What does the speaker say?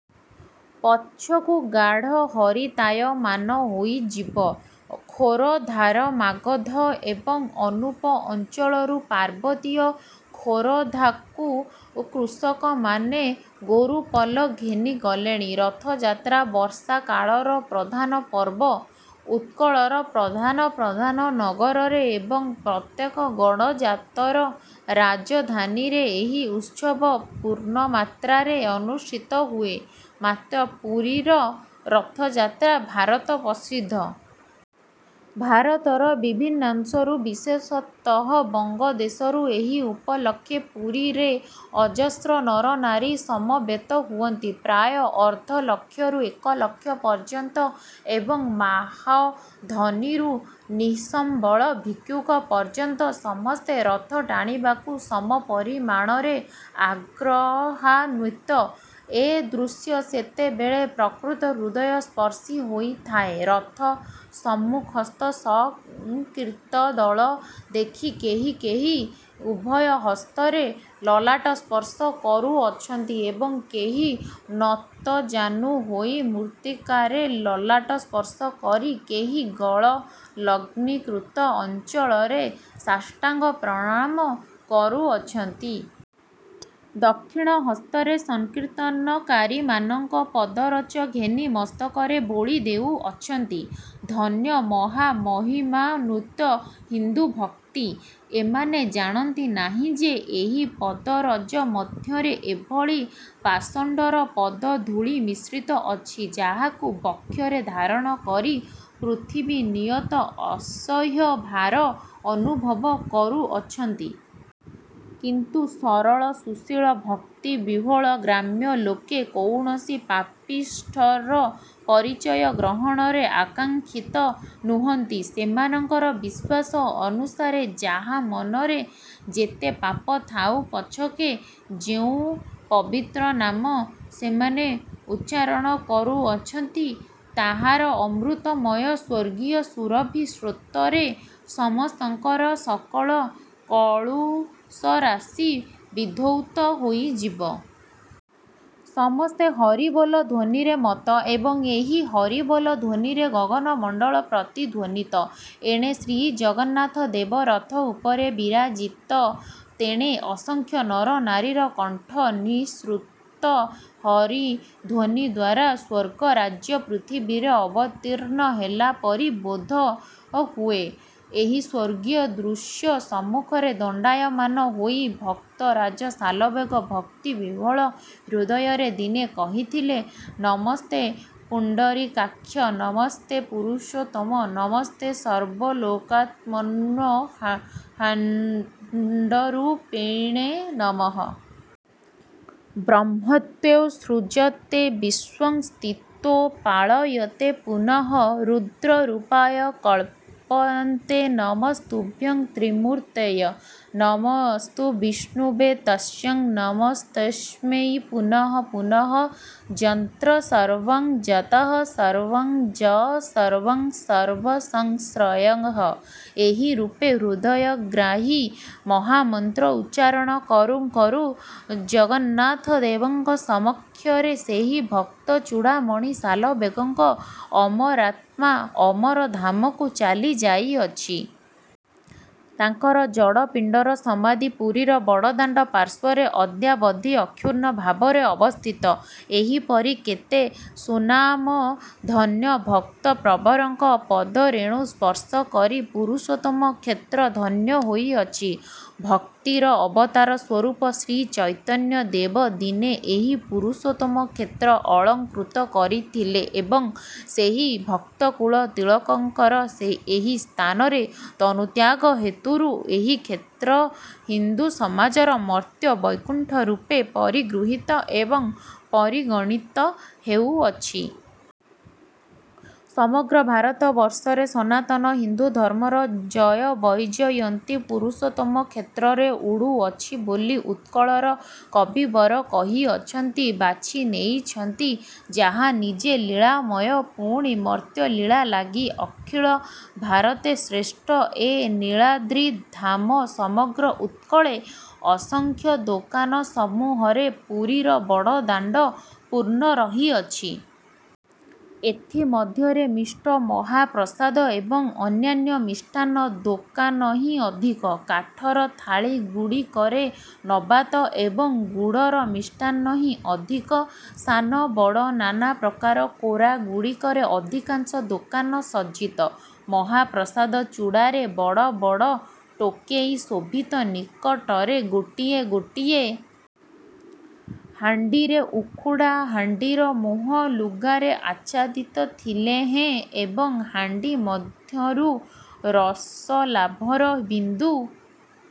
ପଛକୁ ଗାଢ଼ ହରିତାୟମାନ ହୋଇଯିବ। ଖୋରଧାର ମାଗଧ ଏବଂ ଅନୂପ ଅଞ୍ଚଳରୁ ପାର୍ବତୀୟ ଖୋରଧାକୁ କୃଷକମାନେ ଗୋରୁପଲ ଘେନି ଗଲେଣି। ରଥଯାତ୍ରା ବର୍ଷାକାଳର ପ୍ରଧାନ ପର୍ବ। ଉତ୍କଳର ପ୍ରଧାନ ପ୍ରଧାନ ନଗରରେ ଏବଂ ପ୍ରତ୍ୟେକ ଗଡ଼ଜାତର ରାଜଧାନୀରେ ଏହି ଉତ୍ସବ ପୂର୍ଣ୍ଣମାତ୍ରାରେ ଅନୁଷ୍ଠିତ ହୁଏ, ମାତ୍ର ପୁରୀର ରଥଯାତ୍ରା ଭାରତପ୍ରସିଦ୍ଧ। ଭାରତର ବିଭିନ୍ନାଂଶରୁ ବିଶେଷତଃ ବଙ୍ଗଦେଶରୁ ଏହି ଉପଲକ୍ଷେ ପୁରୀରେ ଅଜସ୍ର ନରନାରୀ ସମବେତ ହୁଅନ୍ତି। ପ୍ରାୟ ଅର୍ଦ୍ଧଲକ୍ଷରୁ ଏକ ଲକ୍ଷ ପର୍ଯ୍ୟନ୍ତ ଏବଂ ମାହଧନିରୁ ନିଃସମ୍ବଳ ଭିକ୍ଷୁକ ପର୍ଯ୍ୟନ୍ତ ସମସ୍ତେ ରଥ ଟାଣିବାକୁ ସମପରିମାଣରେ ଆଗ୍ରହାନ୍ୱିତ। ଏ ଦୃଶ୍ୟ ସେତେବେଳେ ପ୍ରକୃତ ହୃଦୟସ୍ପର୍ଶୀ ହୋଇଥାଏ। ରଥ ସମ୍ମୁଖସ୍ଥ ସଂକୀର୍ତ୍ତନଦଳ ଦେଖି କେହି କେହି ଉଭୟ ହସ୍ତରେ ଲଲାଟ ସ୍ପର୍ଶ କରୁଅଛନ୍ତି ଏବଂ କେହି ନତଜାନୁ ହୋଇ ମୃତ୍ତିକାରେ ଲଲାଟ ସ୍ପର୍ଶ କରି, କେହି ଗଳଲଗ୍ନୀକୃତ ଅଞ୍ଚଳରେ ସାଷ୍ଟାଙ୍ଗ ପ୍ରଣାମ କରୁଅଛନ୍ତି। ଦକ୍ଷିଣ ହସ୍ତରେ ସଂକୀର୍ତ୍ତନକାରିମାନଙ୍କ ପଦରଜ ଘେନି ମସ୍ତକରେ ବୋଳି ଦେଉଅଛନ୍ତି। ଧନ୍ୟ ମହାମହିମାନ୍ୱିତ ହିନ୍ଦୁଭକ୍ତି! ଏମାନେ ଜାଣନ୍ତି ନାହିଁ ଯେ ଏହି ପଦରଜ ମଧ୍ୟରେ ଏଭଳି ପାଷଣ୍ଡର ପଦଧୂଳି ମିଶ୍ରିତ ଅଛି, ଯାହାକୁ ବକ୍ଷରେ ଧାରଣ କରି ପୃଥିବୀ ନିୟତ ଅସହ୍ୟ ଭାର ଅନୁଭବ କରୁଅଛନ୍ତି। କିନ୍ତୁ ସରଳ, ସୁଶୀଳ, ଭକ୍ତିବିହ୍ୱଳ ଗ୍ରାମ୍ୟ ଲୋକେ କୌଣସି ପାପିଷ୍ଠର ପରିଚୟ ଗ୍ରହଣରେ ଆକାଙ୍କ୍ଷିତ ନୁହନ୍ତି ସେମାନଙ୍କର ବିଶ୍ୱାସ ଅନୁସାରେ ଯାହା ମନରେ ଯେତେ ପାପ ଥାଉ ପଛକେ ଯେଉଁ ପବିତ୍ର ନାମ ସେମାନେ ଉଚ୍ଚାରଣ କରୁଅଛନ୍ତି, ତାହାର ଅମୃତମୟ ସ୍ୱର୍ଗୀୟ ସୁରଭି ସ୍ରୋତରେ ସମସ୍ତଙ୍କର ସକଳ କଳୁଷରାଶି ବିଧୌତ ହୋଇଯିବ। ସମସ୍ତେ ହରିବୋଲ' ଧ୍ୱନିରେ ମତ୍ତ ଏବଂ ଏହି ହରିବୋଲ ଧ୍ୱନିରେ ଗଗନମଣ୍ଡଳ ପ୍ରତିଧ୍ୱନିତ। ଏଣେ ଶ୍ରୀଜଗନ୍ନାଥଦେବ ରଥ ଉପରେ ବିରାଜିତ ତେଣେ ଅସଂଖ୍ୟ ନରନାରୀର କଣ୍ଠନିଃସୃତ ହରିଧ୍ୱନିଦ୍ୱାରା ସ୍ୱର୍ଗରାଜ୍ୟ ପୃଥିବୀରେ ଅବତୀର୍ଣ୍ଣ ହେଲା ପରି ବୋଧ ହୁଏ। ଏହି ସ୍ୱର୍ଗୀୟ ଦୃଶ୍ୟ ସମ୍ମୁଖରେ ଦଣ୍ଡାୟମାନ ହୋଇ ଭକ୍ତରାଜ ଶାଲବେଗ ଭକ୍ତି ବିହ୍ୱଳ ହୃଦୟରେ ଦିନେ କହିଥିଲେ ନମସ୍ତେ ପୁଣ୍ଡରୀକାକ୍ଷ, ନମସ୍ତେ ପୁରୁଷୋତ୍ତମ ନମସ୍ତେ ସର୍ବଲୋକାତ୍ମନ୍ବ୍ର ହ୍ମାଣ୍ଡରୂପିଣେ ନମଃ। ବ୍ରହ୍ମତ୍ୱେ ସୃଜତେ ବିଶ୍ୱଂ ସ୍ଥିତୌ ପାଳୟତେ ପୁନଃ। ରୂଦ୍ରରୂପାୟ କଳ୍ପାନ୍ତେ ନମସ୍ତୁଭ୍ୟଂ ତ୍ରିମୂର୍ତ୍ତିୟେ। ନମୋଽସ୍ତୁ ବିଷ୍ଣବେ ତସ୍ମୈ ନମସ୍ତସ୍ମୈ ପୁନଃ ପନଃ। ଯନ୍ତ୍ର ସର୍ବଂ ଯତଃ ସର୍ବଂ ଯଃ ସର୍ବଂ ସର୍ବସଂଶ୍ରୟଃ। ଏହିରୂପେ ହୃଦୟଗ୍ରାହୀ ମହାମନ୍ତ୍ର ଉଚ୍ଚାରଣ କରୁଁ କରୁଁ ଜଗନ୍ନାଥଦେବଙ୍କ ସମକ୍ଷରେ ସେହି ଭକ୍ତଚୂଡ଼ାମଣି ଶାଲବେଗଙ୍କ ଅମରାତ୍ମା ଅମର ଧାମକୁ ଚାଲି ଯାଇଅଛି। ତାଙ୍କର ଜଡ଼ପିଣ୍ଡର ସମାଧି ପୁରୀର ବଡ଼ଦାଣ୍ଡ ପାର୍ଶ୍ୱରେ ଅଦ୍ୟାବଧି ଅକ୍ଷୁର୍ଣ୍ଣଭାବରେ ଅବସ୍ଥିତ। ଏହିପରି କେତେ ସ୍ୱନାମଧନ୍ୟ ଭକ୍ତପ୍ରବରଙ୍କ ପଦରେଣୁ ସ୍ପର୍ଶ କରି ପୁରୁଷୋତ୍ତମ କ୍ଷେତ୍ର ଧନ୍ୟ ହୋଇଅଛି। ଭକ୍ତିର ଅବତାରସ୍ୱରୂପ ଶ୍ରୀଚୈତନ୍ୟ ଦେବ ଦିନେ ଏହି ପୁରୁଷୋତ୍ତମ କ୍ଷେତ୍ର ଅଳଂକୃତ କରିଥିଲେ ଏବଂ ସେହି ଭକ୍ତକୁଳ ତିଳକଙ୍କର ଏହି ସ୍ଥାନରେ ତନୁତ୍ୟାଗ ହେତୁରୁ ଏହି କ୍ଷେତ୍ର ହିନ୍ଦୁସମାଜର ମର୍ତ୍ତ୍ୟ ବୈକୁଣ୍ଠରୂପେ ପରିଗୃହୀତ ଏବଂ ପରିଗଣିତ ହେଉଅଛି। ସମଗ୍ର ଭାରତବର୍ଷରେ ସନାତନ ହିନ୍ଦୁଧର୍ମର ଜୟବୈଜୟନ୍ତୀ ପୁରୁଷୋତ୍ତମ କ୍ଷେତ୍ରରେ ଉଡ଼ୁଅଛି ବୋଲି ଉତ୍କଳର କବିବର କହିଅଛନ୍ତି ବାଛି ନେଇଛନ୍ତି ଯାହା ନିଜେ ଲୀଳାମୟ ପୁଣି ମର୍ତ୍ତ୍ୟଲୀଳା ଲାଗି ଅଖିଳ ଭାରତେ ଶ୍ରେଷ୍ଠ ଏ ନୀଳାଦ୍ରିଧାମ ସମଗ୍ର ଉତ୍କଳେ। ଅସଂଖ୍ୟ ଦୋକାନସମୂହରେ ପୁରୀର ବଡ଼ଦାଣ୍ଡ' ପୂର୍ଣ୍ଣ ରହିଅଛି। ଏଥି ମଧ୍ୟରେ ମିଷ୍ଟ ମହାପ୍ରସାଦ ଏବଂ ଅନ୍ୟାନ୍ୟ ମିଷ୍ଟାନ୍ନ ଦୋକାନହିଁ ଅଧିକ। କାଠର ଥାଳିଗୁଡ଼ିକରେ ନବାତ ଏବଂ ଗୁଡ଼ର ମିଷ୍ଟାନ୍ନହିଁ ଅଧିକ, ସାନ ବଡ଼ ନାନାପ୍ରକାର କୋରା ଗୁଡ଼ିକରେ ଅଧିକାଂଶ ଦୋକାନ ସଜ୍ଜିତ। ମହାପ୍ରସାଦ ଚୂଡ଼ାରେ ବଡ଼ ବଡ଼ ଟୋକେଇ ଶୋଭିତ ନିକଟରେ ଗୋଟିଏ ଗୋଟିଏ ହାଣ୍ଡିରେ ଉଖୁଡ଼ା ହାଣ୍ଡିର ମୁହଁ ଲୁଗାରେ ଆଚ୍ଛାଦିତ ଥିଲେହେଁ ଏବଂ ହାଣ୍ଡି ମଧ୍ୟରୁ ରସଲାଭର ବିନ୍ଦୁ